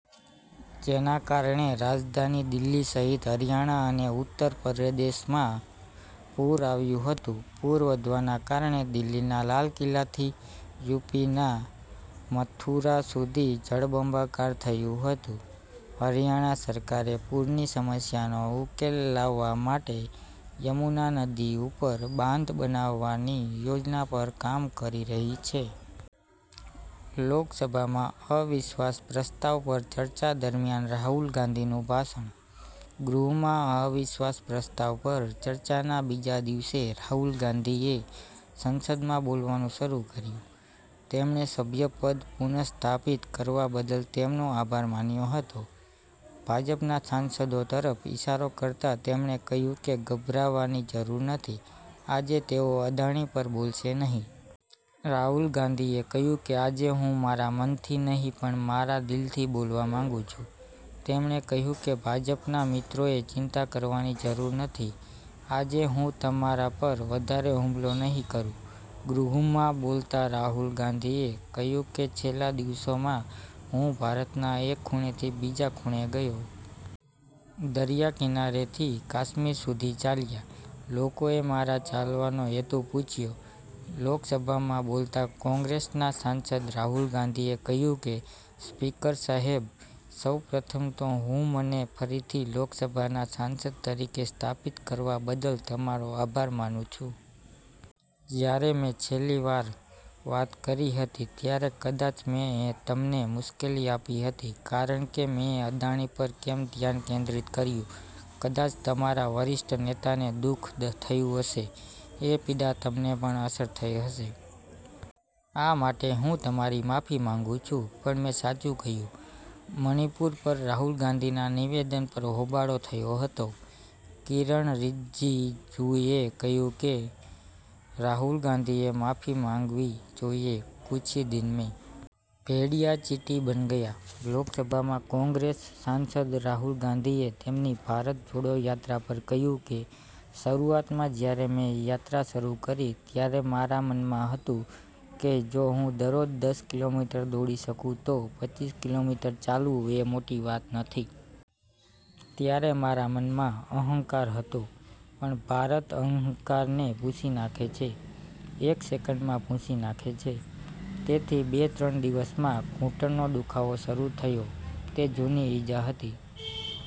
જેના કારણે રાજધાની દિલ્હી સહિત હરિયાણા અને ઉત્તર પ્રદેશમાં પુર આવ્યું હતું. પૂર વધવાના કારણે દિલ્હીના લાલ કિલ્લાથી યુપીના મથુરા સુધી જળબંબાકાર થયું હતું. હરિયાણા સરકારે પૂરની સમસ્યાનો ઉકેલ લાવવા માટે યમુના નદી ઉપર બાંધ બનાવવાની યોજના પર કામ કરી રહી છે. લોકસભામાં અવિશ્વાસ પ્રસ્તાવ પર ચર્ચા દરમિયાન રાહુલ ગાંધીનું ભાષણ. ગૃહમાં અવિશ્વાસ પ્રસ્તાવ પર ચર્ચાના બીજા દિવસે રાહુલ ગાંધીએ સંસદમાં બોલવાનું શરૂ કર્યું. તેમણે સભ્યપદ પુનઃસ્થાપિત કરવા બદલ તેમનો આભાર માન્યો હતો. ભાજપના સાંસદો તરફ ઈશારો કરતા તેમણે કહ્યું કે ગભરાવાની જરૂર નથી, આજે તેઓ અદાણી પર બોલશે નહીં. રાહુલ ગાંધીએ કહ્યું કે આજે હું મારા મનથી નહીં પણ મારા દિલથી બોલવા માંગુ છું. તેમણે કહ્યું કે ભાજપના મિત્રોએ ચિંતા કરવાની જરૂર નથી, આજે હું તમારા પર વધારે હુમલો નહીં કરું. ગૃહમાં બોલતા રાહુલ ગાંધીએ કહ્યું કે છેલ્લા દિવસોમાં હું ભારતના એક ખૂણેથી બીજા ખૂણે ગયો. દરિયાકિનારેથી કાશ્મીર સુધી ચાલ્યા. લોકોએ મારા ચાલવાનો હેતુ પૂછ્યો. લોકસભામાં બોલતા કોંગ્રેસના સાંસદ રાહુલ ગાંધીએ કહ્યું કે સ્પીકર સાહેબ, સૌ પ્રથમ તો હું મને ફરીથી લોકસભાના સાંસદ તરીકે સ્થાપિત કરવા બદલ તમારો આભાર માનું છું. જ્યારે મેં છેલ્લી વાર વાત કરી હતી ત્યારે કદાચ મેં તમને મુશ્કેલી આપી હતી કારણ કે મેં અદાણી પર કેમ ધ્યાન કેન્દ્રિત કર્યું કદાચ તમારા વરિષ્ઠ નેતાને દુઃખ થયું હશે. એ પીડા તમને પણ અસર થઈ હશે. આ માટે હું તમારી માફી માંગુ છું પણ મેં સાચું કહ્યું. મણિપુર પર રાહુલ ગાંધીના નિવેદન પર હોબાળો થયો હતો, કિરણ રિજિજુએ કહ્યું કે, રાહુલ ગાંધીએ માફી માંગવી જોઈએ. "કુછ હી દીન મે ભેડિયા ચીટી બન ગયા": લોકસભામાં કોંગ્રેસ સાંસદ રાહુલ ગાંધીએ તેમની ભારત જોડો યાત્રા પર કહ્યું કે, શરૂઆતમાં જ્યારે મેં યાત્રા શરૂ કરી ત્યારે મારા મનમાં હતું કે, જો હું દરરોજ દસ કિલોમીટર દોડી શકું તો પચ્ચીસ કિલોમીટર ચાલવું એ મોટી વાત નથી. ત્યારે મારા મનમાં અહંકાર હતો, પણ ભારત અહંકારને ભૂંસી નાખે છે, એક સેકન્ડમાં ભૂંસી નાખે છે. તેથી બે-ત્રણ દિવસમાં ઘૂંટણનો દુખાવો શરૂ થયો, તે જૂની ઈજા હતી.